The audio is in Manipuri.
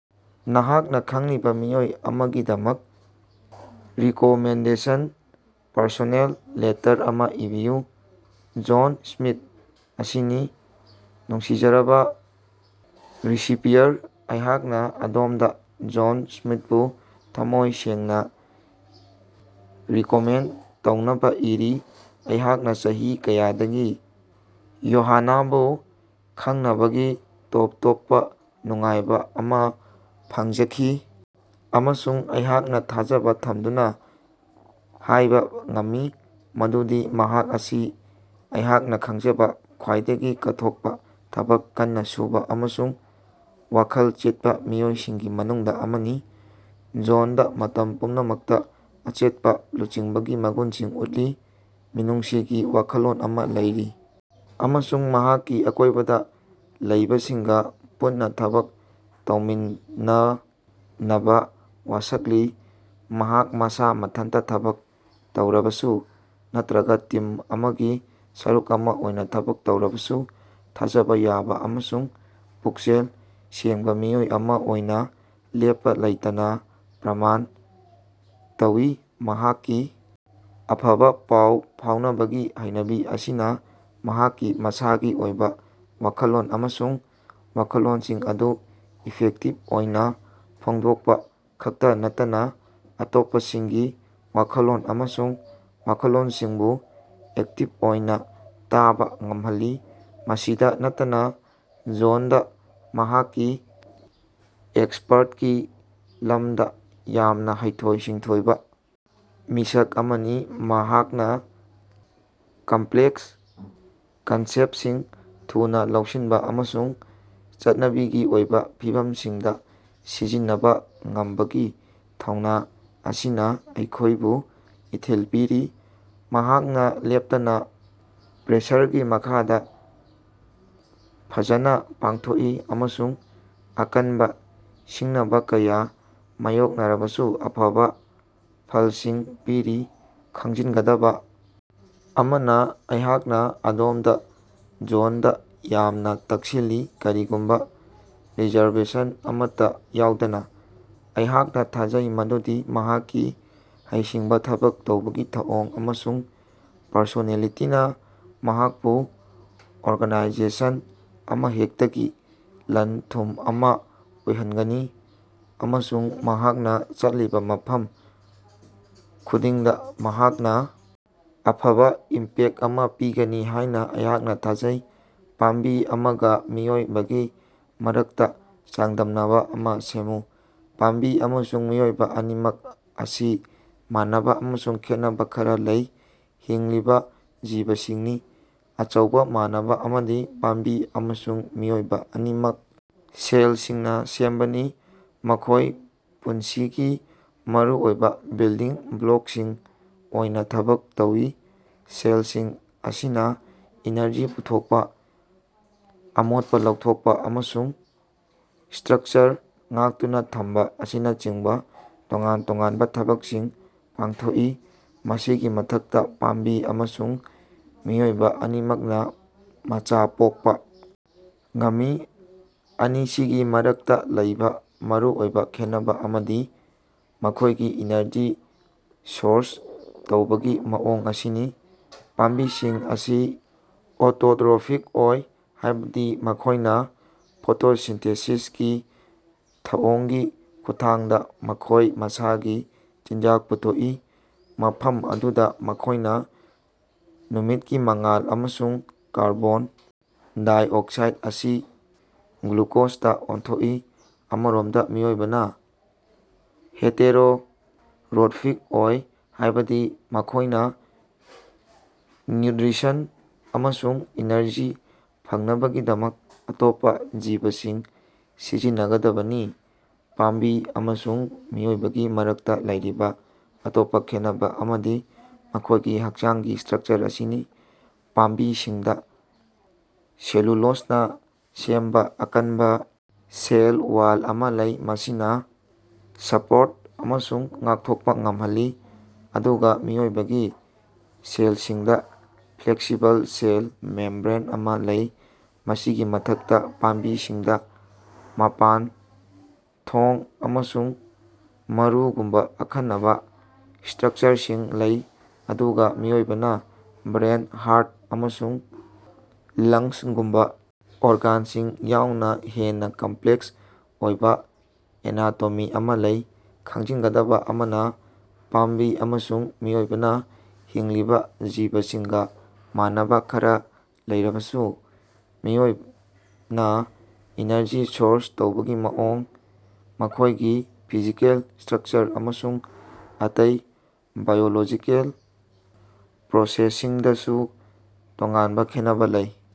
ꯅꯍꯥꯛꯅꯥ ꯈꯪꯂꯤꯕꯥ ꯃꯤꯑꯣꯏ ꯑꯃꯥꯒꯤꯗꯃꯛ ꯔꯤꯀꯣꯃꯦꯟꯗꯦꯁꯟꯒꯤ ꯄꯔꯁꯣꯅꯦꯜ ꯂꯦꯇꯔ ꯑꯃꯥ ꯏꯕꯤꯌꯨ꯫ ꯖꯣꯟ ꯁ꯭ꯃꯤꯊ ꯑꯁꯤꯅꯤ꯫ ꯅꯨꯡꯁꯤꯖꯔꯕꯥ ꯔꯤꯁꯤꯄꯤꯌꯔ, ꯑꯩꯍꯥꯛꯅꯥ ꯑꯗꯣꯝꯗꯥ ꯖꯣꯟꯁ ꯁ꯭ꯃꯤꯊꯄꯨ ꯊꯝꯃꯣꯏ ꯁꯦꯡꯅꯥ ꯔꯤꯀꯣꯃꯦꯟ ꯇꯧꯅꯕꯥ ꯏꯔꯤ꯫ ꯑꯩꯍꯥꯛꯅꯥ ꯆꯍꯤ ꯀꯌꯥꯗꯒꯤ ꯌꯣꯍꯥꯅꯕꯨ ꯈꯪꯅꯕꯒꯤ ꯇꯣꯞ ꯇꯣꯞꯄꯥ ꯅꯨꯡꯉꯥꯏꯕꯥ ꯑꯃꯥ ꯐꯪꯖꯈꯤ, ꯑꯃꯁꯨꯡ ꯑꯩꯍꯥꯛꯅꯥ ꯊꯥꯖꯕ ꯊꯝꯗꯨꯅꯥ ꯍꯥꯏꯕ ꯉꯝꯃꯤ ꯃꯗꯨꯗꯤ ꯃꯍꯥꯛ ꯑꯁꯤ ꯑꯩꯍꯥꯛꯅꯥ ꯈꯪꯖꯕ ꯈ꯭ꯋꯥꯏꯗꯒꯤ ꯀꯠꯊꯣꯛꯄꯥ, ꯊꯕꯛ ꯀꯟꯅꯥ ꯁꯨꯕꯥ ꯑꯃꯁꯨꯡ ꯋꯥꯈꯜ ꯆꯦꯠꯄꯥ ꯃꯤꯑꯣꯏꯁꯤꯡꯒꯤ ꯃꯅꯨꯡꯗꯥ ꯑꯃꯅꯤ꯫ ꯖꯣꯟꯗꯥ ꯃꯇꯝ ꯄꯨꯝꯅꯃꯛꯇꯥ ꯑꯆꯦꯠꯄꯥ ꯂꯨꯆꯤꯡꯕꯒꯤ ꯃꯒꯨꯟꯁꯤꯡ ꯎꯠꯂꯤ꯫ ꯃꯤꯅꯨꯡꯁꯤꯒꯤ ꯋꯥꯈꯜꯂꯣꯟ ꯑꯃꯥ ꯂꯩꯔꯤ ꯑꯃꯁꯨꯡ ꯃꯍꯥꯛꯀꯤ ꯑꯀꯣꯏꯕꯗꯥ ꯂꯩꯕꯁꯤꯡꯒꯥ ꯄꯨꯟꯅꯥ ꯊꯕꯛ ꯇꯧꯃꯤꯟꯅꯅꯕꯥ ꯋꯥꯁꯛꯂꯤ꯫ ꯃꯍꯥꯛ ꯃꯁꯥ ꯃꯊꯟꯇꯥ ꯊꯕꯛ ꯇꯧꯔꯕꯁꯨ ꯅꯠꯇ꯭ꯔꯒꯥ ꯇꯤꯝ ꯑꯃꯒꯤ ꯁꯔꯨꯛ ꯑꯃꯥ ꯑꯣꯏꯅ ꯊꯕꯛ ꯇꯧꯔꯕꯁꯨ ꯊꯥꯖꯕ ꯌꯥꯕ ꯑꯃꯁꯨꯡ ꯄꯨꯛꯆꯦꯜ ꯁꯦꯡꯕꯥꯃꯤꯑꯣꯏ ꯑꯃꯥ ꯑꯣꯏꯅ ꯂꯦꯞꯄꯥ ꯂꯩꯇꯅꯥ ꯄ꯭ꯔꯃꯥꯟ ꯇꯧꯏ꯫ ꯃꯍꯥꯛꯀꯤ ꯑꯐꯕꯥ ꯄꯥꯎ ꯐꯥꯎꯅꯕꯒꯤ ꯍꯩꯅꯕꯤ ꯑꯁꯤꯅꯥ ꯃꯍꯥꯛꯀꯤ ꯃꯁꯥꯒꯤ ꯑꯣꯏꯕ ꯋꯥꯈꯜꯂꯣꯟ ꯑꯃꯁꯨꯡ ꯋꯥꯈꯜꯂꯣꯟꯁꯤꯡ ꯑꯗꯨ ꯏꯐꯦꯛꯇꯤꯕ ꯑꯣꯏꯅꯥ ꯐꯣꯡꯗꯣꯛꯄꯥ ꯈꯛꯇꯥ ꯅꯠꯇꯅꯥ ꯑꯇꯣꯞꯄꯁꯤꯡꯒꯤ ꯋꯥꯈꯜꯂꯣꯟ ꯑꯃꯁꯨꯡ ꯋꯥꯈꯜꯂꯣꯟꯁꯤꯡꯁꯨ ꯑꯦꯛꯇꯤꯕ ꯑꯣꯏꯅꯥ ꯇꯥꯕ ꯉꯝꯍꯜꯂꯤ꯫ ꯃꯁꯤꯗꯥ ꯅꯠꯇꯅꯥ, ꯖꯣꯟꯗꯥ ꯃꯍꯥꯛꯀꯤ ꯑꯦꯛꯁꯄꯔꯇꯀꯤ ꯂꯝꯗꯥ ꯌꯥꯝꯅꯥ ꯍꯩꯊꯣꯏ-ꯁꯤꯡꯊꯣꯏꯕ ꯃꯤꯁꯛ ꯑꯃꯅꯤ, ꯃꯍꯥꯛꯅꯥ ꯀꯝꯞꯂꯦꯛꯁ ꯀꯟꯁꯦꯞꯇꯁꯤꯡ ꯊꯨꯅꯥ ꯂꯧꯁꯤꯟꯕ ꯑꯃꯁꯨꯡ ꯆꯠꯅꯕꯤꯒꯤ ꯑꯣꯏꯕ ꯐꯤꯚꯝꯁꯤꯡꯗꯥ ꯁꯤꯖꯤꯟꯅꯕꯥ ꯉꯝꯕꯒꯤ ꯊꯧꯅꯥ ꯑꯁꯤꯅꯥ ꯑꯩꯈꯣꯏꯕꯨ ꯏꯊꯤꯜ ꯄꯤꯔꯤ꯫ ꯃꯍꯥꯛꯅꯥ ꯂꯦꯞꯇꯅꯥ ꯄ꯭ꯔꯦꯁꯔꯒꯤ ꯃꯈꯥꯗꯥ ꯐꯖꯅꯥ ꯄꯥꯡꯊꯣꯛꯏ ꯑꯃꯁꯨꯡ ꯑꯀꯟꯕꯥ ꯁꯤꯡꯅꯕꯥ ꯀꯌꯥ ꯃꯥꯌꯣꯛꯅꯔꯕꯁꯨ ꯑꯐꯕ ꯐꯂꯁꯤꯡ ꯄꯤꯔꯤ꯫ ꯈꯪꯖꯤꯟꯒꯗꯕꯥ ꯑꯃꯅꯥ, ꯑꯩꯍꯥꯛꯅꯥ ꯑꯗꯣꯝꯗꯥ ꯖꯣꯟꯗꯥ ꯌꯥꯝꯅ ꯇꯛꯁꯤꯜꯂꯤ, ꯀꯔꯤꯒꯨꯝꯕ ꯔꯤꯖꯔꯕꯦꯁꯟ ꯑꯃꯠꯇꯥ ꯌꯥꯎꯗꯅꯥ꯫ ꯑꯩꯍꯥꯛꯅꯥ ꯊꯥꯖꯩ ꯃꯗꯨꯗꯤ ꯃꯍꯥꯛꯀꯤ ꯍꯩꯁꯤꯡꯕꯥ, ꯊꯕꯛ ꯇꯧꯕꯒꯤ ꯊꯧꯑꯣꯡ, ꯑꯃꯁꯨꯡ ꯄꯔꯁꯣꯅꯦꯂꯤꯇꯤꯅꯥ ꯃꯍꯥꯛꯄꯨ ꯑꯣꯔꯒꯅꯥꯏꯖꯦꯁꯟ ꯑꯃꯍꯦꯛꯇꯒꯤ ꯂꯟ ꯊꯨꯝ ꯑꯃꯥ ꯑꯣꯏꯍꯟꯒꯅꯤ, ꯑꯃꯁꯨꯡ ꯃꯍꯥꯛꯅꯥ ꯆꯠꯂꯤꯕꯥ ꯃꯐꯝ ꯈꯨꯗꯤꯡꯗꯥ ꯃꯍꯥꯛꯅꯥ ꯑꯐꯕ ꯏꯝꯄꯦꯛꯇ ꯑꯃꯥ ꯄꯤꯒꯅꯤ ꯍꯥꯏꯅꯥ ꯑꯩꯍꯥꯛꯅꯥ ꯊꯥꯖꯩ꯫ ꯄꯥꯝꯕꯤ ꯑꯃꯥꯒ ꯃꯤꯑꯣꯏꯕꯒꯤ ꯃꯔꯛꯇꯥ ꯆꯥꯡꯗꯝꯅꯕ ꯑꯃꯥ ꯁꯦꯝꯃꯨ꯫ ꯄꯥꯝꯕꯤ ꯑꯃꯁꯨꯡ ꯃꯤꯑꯣꯏꯕ ꯑꯅꯤꯃꯛ ꯑꯁꯤ ꯃꯥꯟꯅꯕ ꯑꯃꯁꯨꯡ ꯈꯦꯠꯅꯕ ꯈꯔꯥ ꯂꯩꯕ ꯍꯤꯡꯂꯤꯕ ꯖꯤꯕꯁꯤꯡꯅꯤ꯫ ꯑꯆꯧꯕ ꯃꯥꯟꯅꯕ ꯑꯃꯗꯤ ꯄꯥꯝꯕꯤ ꯑꯃꯁꯨꯡ ꯃꯤꯑꯣꯏꯕ ꯑꯅꯤꯃꯛ ꯁꯦꯂꯁꯤꯡꯅ ꯁꯦꯝꯕꯅꯤ, ꯃꯈꯣꯏꯅ ꯄꯨꯟꯁꯤꯒꯤ ꯃꯔꯨꯑꯣꯏꯕ ꯕꯤꯜꯗꯤꯡ ꯕ꯭ꯂꯣꯀꯁꯤꯡ ꯑꯣꯏꯅ ꯊꯕꯛ ꯇꯧꯏ꯫ ꯁꯦꯂꯁꯤꯡ ꯑꯁꯤꯅꯥ ꯏꯅꯔꯖꯤ ꯄꯨꯊꯣꯛꯄꯥ, ꯑꯃꯣꯠꯄꯥ ꯂꯧꯊꯣꯛꯄꯥ, ꯑꯃꯁꯨꯡ ꯁ꯭ꯠꯔꯀꯆꯔ ꯉꯥꯛꯇꯨꯅꯥ ꯊꯝꯕ ꯑꯁꯤꯅꯆꯤꯡꯕ ꯇꯣꯉꯥꯟ ꯇꯣꯉꯥꯟꯕ ꯊꯕꯛꯁꯤꯡ ꯄꯥꯡꯊꯣꯛꯏ꯫ ꯃꯁꯤꯒꯤ ꯃꯊꯛꯇꯥ, ꯄꯥꯝꯕꯤ ꯑꯃꯁꯨꯡ ꯃꯤꯑꯣꯏꯕ ꯑꯅꯤꯃꯛꯅꯥ ꯃꯆꯥ ꯄꯣꯛꯄꯥ ꯉꯝꯃꯤ꯫ ꯑꯅꯤꯁꯤꯒꯤ ꯃꯔꯛꯇꯥ ꯂꯩꯕ ꯃꯔꯨꯑꯣꯏꯕ ꯈꯦꯠꯅꯕ ꯑꯃꯗꯤ ꯃꯈꯣꯏꯒꯤ ꯏꯅꯔꯖꯤ ꯁꯣꯔꯁ ꯇꯧꯕꯒꯤ ꯃꯑꯣꯡ ꯑꯁꯤꯅꯤ꯫ ꯄꯥꯝꯕꯤꯁꯤꯡ ꯑꯁꯤ ꯑꯣꯇꯣꯠꯔꯣꯐꯤꯛ ꯑꯣꯏ, ꯍꯥꯏꯕꯗꯤ ꯃꯈꯣꯏꯅꯥ ꯐꯣꯇꯣꯁꯤꯟꯊꯦꯁꯤꯁꯀꯤ ꯊꯧꯑꯣꯡꯒꯤ ꯈꯨꯠꯊꯥꯡꯗꯥ ꯃꯈꯣꯏ ꯃꯁꯥꯒꯤ ꯆꯤꯟꯖꯥꯛ ꯄꯨꯊꯣꯛꯏ, ꯃꯐꯝ ꯑꯗꯨꯗꯥ ꯃꯈꯣꯏꯅꯥ ꯅꯨꯃꯤꯠꯀꯤ ꯃꯉꯥꯜ ꯑꯃꯁꯨꯡ ꯀꯥꯔꯕꯣꯟ ꯗꯥꯏꯑꯣꯛꯁꯥꯏꯗ ꯑꯁꯤ ꯒ꯭ꯂꯨꯀꯣꯖꯇꯥ ꯑꯣꯟꯊꯣꯛꯏ꯫ ꯑꯃꯔꯣꯝꯗꯥ ꯃꯤꯑꯣꯏꯕꯅꯥ ꯍꯦꯇꯦꯔꯣꯔꯣꯠꯐꯤꯛ ꯑꯣꯏ, ꯍꯥꯏꯕꯗꯤ ꯃꯈꯣꯏꯅꯥ ꯅ꯭ꯌꯨꯠꯔꯤꯁꯟ ꯑꯃꯁꯨꯡ ꯏꯅꯔꯖꯤ ꯐꯪꯅꯕꯒꯤꯗꯃꯛ ꯑꯇꯣꯞꯄꯥ ꯖꯤꯕꯁꯤꯡ ꯁꯤꯖꯤꯟꯅꯒꯗꯕꯅꯤ꯫ ꯄꯥꯝꯕꯤ ꯑꯃꯁꯨꯡ ꯃꯤꯑꯣꯏꯕꯒꯤ ꯃꯔꯛꯇꯥ ꯂꯩꯔꯤꯕ ꯑꯇꯣꯞꯄꯥ ꯈꯦꯟꯅꯕ ꯑꯃꯗꯤ ꯃꯈꯣꯏꯒꯤ ꯍꯛꯆꯥꯡꯒꯤ ꯁ꯭ꯠꯔꯀꯆꯔ ꯑꯁꯤꯅꯤ꯫ ꯄꯥꯝꯕꯤꯁꯤꯡꯗꯥ ꯁꯦꯂꯨꯂꯣꯖꯅꯥ ꯁꯦꯝꯕꯥ ꯑꯀꯟꯕꯥ ꯁꯦꯜ ꯋꯥꯜ ꯑꯃꯥ ꯂꯩ꯫ ꯃꯁꯤꯅꯥ ꯁꯄꯣꯔꯠ ꯑꯃꯁꯨꯡ ꯉꯥꯛꯊꯣꯛꯄꯥ ꯉꯝꯍꯜꯂꯤ, ꯑꯗꯨꯒꯥ ꯃꯤꯑꯣꯏꯕꯒꯤ ꯁꯦꯂꯁꯤꯡꯗꯥ ꯐ꯭ꯂꯦꯛꯁꯤꯕꯜ ꯁꯦꯜ ꯃꯦꯝꯕ꯭ꯔꯦꯟ ꯑꯃꯥ ꯂꯩ꯫ ꯃꯁꯤꯒꯤ ꯃꯊꯛꯇꯥ, ꯄꯥꯝꯕꯤꯁꯤꯡꯗꯥ ꯃꯄꯥꯟ, ꯈꯣꯡ, ꯑꯃꯁꯨꯡ ꯃꯔꯨꯒꯨꯝꯕꯥ ꯑꯈꯟꯅꯕꯥ ꯁ꯭ꯠꯔꯀꯆꯔꯁꯤꯡ ꯂꯩ, ꯑꯗꯨꯒꯥ ꯃꯤꯑꯣꯏꯕꯅꯥ ꯕ꯭ꯔꯦꯟ, ꯍꯥꯔꯠ ꯑꯃꯁꯨꯡ ꯂꯪꯁꯒꯨꯝꯕꯥ ꯑꯣꯔꯒꯥꯟꯁꯤꯡ ꯌꯥꯎꯅꯥ ꯍꯦꯟꯅꯥ ꯀꯝꯞꯂꯦꯛꯁ ꯑꯣꯏꯕ ꯑꯦꯅꯥꯇꯣꯃꯤ ꯑꯃꯥ ꯂꯩ꯫ ꯈꯪꯖꯤꯟꯒꯗꯕꯥ ꯑꯃꯅꯥ, ꯄꯥꯝꯕꯤ ꯑꯃꯁꯨꯡ ꯃꯤꯑꯣꯏꯕꯅ ꯍꯤꯡꯂꯤꯕ ꯖꯤꯕꯁꯤꯡꯒꯥ ꯃꯥꯟꯅꯕ ꯈꯔꯥ ꯂꯩꯔꯕꯁꯨ, ꯃꯈꯣꯏꯅꯥ ꯏꯅꯔꯖꯤ ꯁꯣꯔꯁ ꯇꯧꯕꯒꯤ ꯃꯑꯣꯡ, ꯃꯈꯣꯏꯒꯤ ꯐꯤꯖꯤꯀꯦꯜ ꯁ꯭ꯠꯔꯀꯆꯔ ꯑꯃꯁꯨꯡ ꯑꯇꯩ ꯕꯥꯏꯑꯣꯂꯣꯖꯤꯀꯦꯜ ꯄ꯭ꯔꯣꯁꯦꯁꯁꯤꯡꯗꯁꯨ ꯇꯣꯉꯥꯟꯕ ꯈꯦꯠꯅꯕꯥ ꯂꯩ꯫